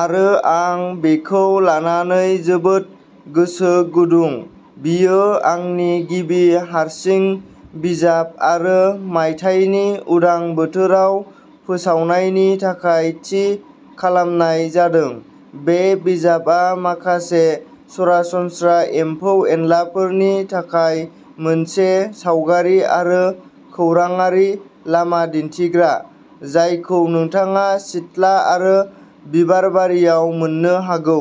आरो आं बेखौ लानानै जोबोद गोसो गुदुं बेयो आंनि गिबि हारसिं बिजाब आरो मायथाइनि उदां बोथोराव फोसावनायनि थाखाय थि खालामनाय जादों। बे बिजाबआ माखासे सरासनस्रा एम्फौ-एनलाफोरनि थाखाय मोनसे सावगारि आरो खौरांआरि लामा दिन्थिग्रा, जायखौ नोंथाङा सिथ्ला आरो बिबारबारियाव मोन्नो हागौ।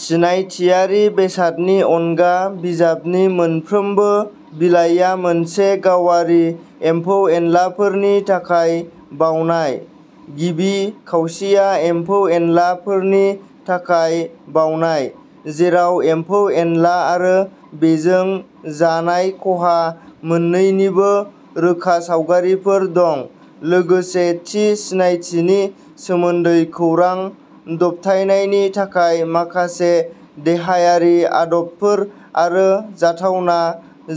सिनायथियारि बेसादनि अनगा, बिजाबनि मोनफ्रोमबो बिलाइया मोनसे गावारि एम्फौ-एनलाफोरनि थाखाय बावनाय। गिबि खावसेया एम्फौ-एनला फोरनि थाखाय बावनाय, जेराव एम्फौ-एनला आरो बेजों जानाय खहा मोन्नैनिबो रोखा सावगारिफोर दं, लोगोसे थि सिनायथिनि सोमोन्दै खौरां, दबथायनायनि थाखाय माखासे देहायारि आदबफोर, आरो जाथावना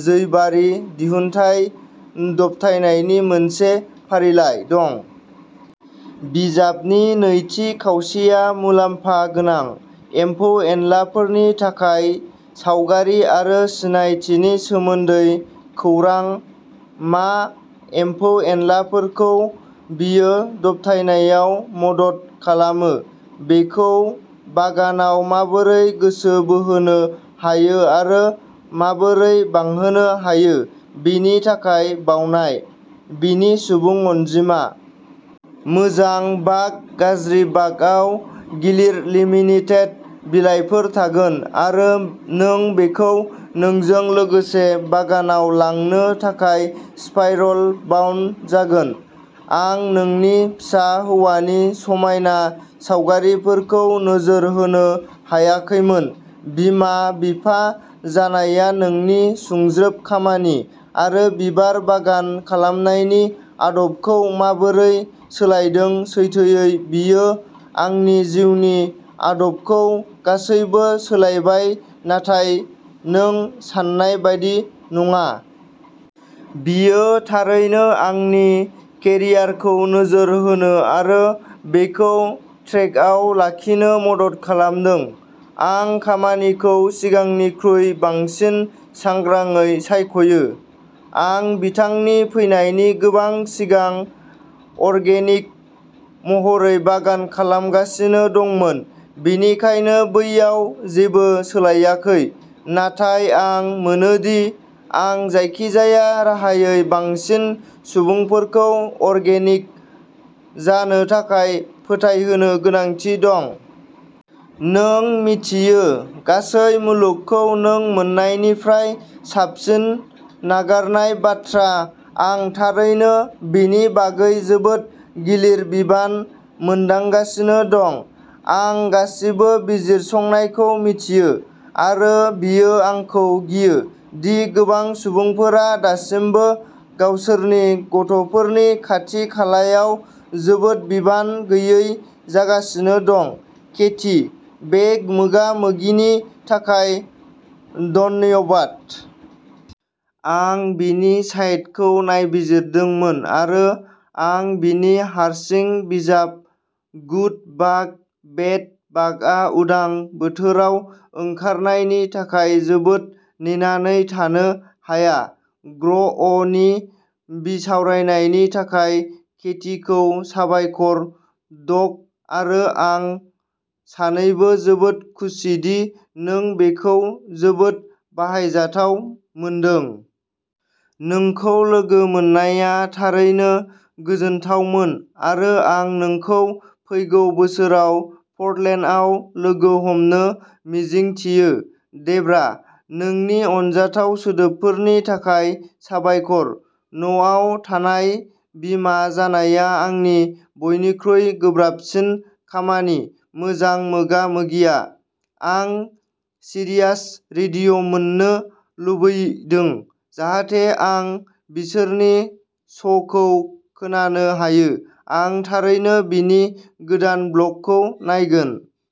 जैबारि दिहुनथाय दबथायनायनि मोनसे फारिलाइ दं। बिजाबनि नैथि खावसेया मुलाम्फा गोनां एम्फौ-एनलाफोरनि थाखाय सावगारि आरो सिनायथिनि सोमोन्दै खौरां, मा एम्फौ-एनलाफोरखौ बेयो दबथायनायाव मदद खालामो, बेखौ बागानाव माबोरै गोसो बोहोनो हायो आरो माबोरै बांहोनो हायो, बेनि थाखाय बावनाय। बेनि सुबुं अनजिमा। मोजां बाग, गाज्रि बागआव गिलिर लेमिनेटेड बिलाइफोर थागोन आरो नों बेखौ नोंजों लोगोसे बागानाव लांनो थाखाय स्पाइरल बाउन्ड जागोन। आं नोंनि फिसा हौवानि समायना सावगारिफोरखौ नोजोर होनो हायाखैमोन। बिमा-बिफा जानाया नोंनि सुंज्रोब खामानि आरो बिबार बागान खालामनायनि आदबखौ माबोरै सोलायदों सैथोयै, बियो आंनि जिउनि आदबखौ गासैबो सोलायबाय नाथाय नों सान्नाय बायदि नङा। बियो थारैनो आंनि केरियारखौ नोजोर होनो आरो बेखौ ट्रेकआव लाखिनो मदद खालामदों। आं खामानिखौ सिगांनिख्रुइ बांसिन सांग्राङै सायख'यो । आं बिथांनि फैनायनि गोबां सिगां अर्गेनिक महरै बागान खालामगासिनो दंमोन बेनिखायनो बैयाव जेबो सोलायाखै, नाथाय आं मोनोदि आं जायखिजाया राहायै बांसिन सुबुंफोरखौ अर्गेनिक जानो थाखाय फोथायहोनो गोनांथि दं। नों मिन्थियो, गासै मुलुगखौ नों मोन्नायनिफ्राय साबसिन नागारनाय बाथ्रा आं थारैनो बेनि बागै जोबोद गिलिर बिबान मोनदांगासिनो दं। आं गासिबो बिजिरसंनायखौ मिथियो आरो बेयो आंखौ गियो दि गोबां सुबुंफोरा दासिमबो गावसोरनि गथ'फोरनि खाथि-खालायाव जोबोद बिबान गैयै जागासिनो दं केथी, बे मोगा मोगिनि थाखाय धन्यबाद। आं बिनि साइटखौ नायबिजिरदोंमोन आरो आं बिनि हारसिं बिजाब गुड बाग, बेड बागआ उदां बोथोराव ओंखारनायनि थाखाय जोबोद नेनानै थानो हाया ग्र'अ'नि बिसावरायनायनि थाखाय केथीखौ साबायखर डग आरो आं सानैबो जोबोद खुसिदि नों बेखौ जोबोद बाहायजाथाव मोनदों। नोंखौ लोगो मोननाया थारैनो गोजोनथावमोन आरो आं नोंखौ फैगौ बोसोराव पर्टलेन्डआव लोगो हमनो मिजिंथियो। डेब्रा, नोंनि अनजाथाव सोदोबफोरनि थाखाय साबायखर। न'आव थानाय' बिमा जानाया आंनि बयनिख्रुइ गोब्राबसिन खामानि मोजां मोगा-मोगिआ। आं सिरियास रेडिय' मोन्नो लुबैदों जाहाथे आं बिसोरनि श'खौ खोनानो हायो। आं थारैनो बिनि गोदान ब्लगखौ नायगोन।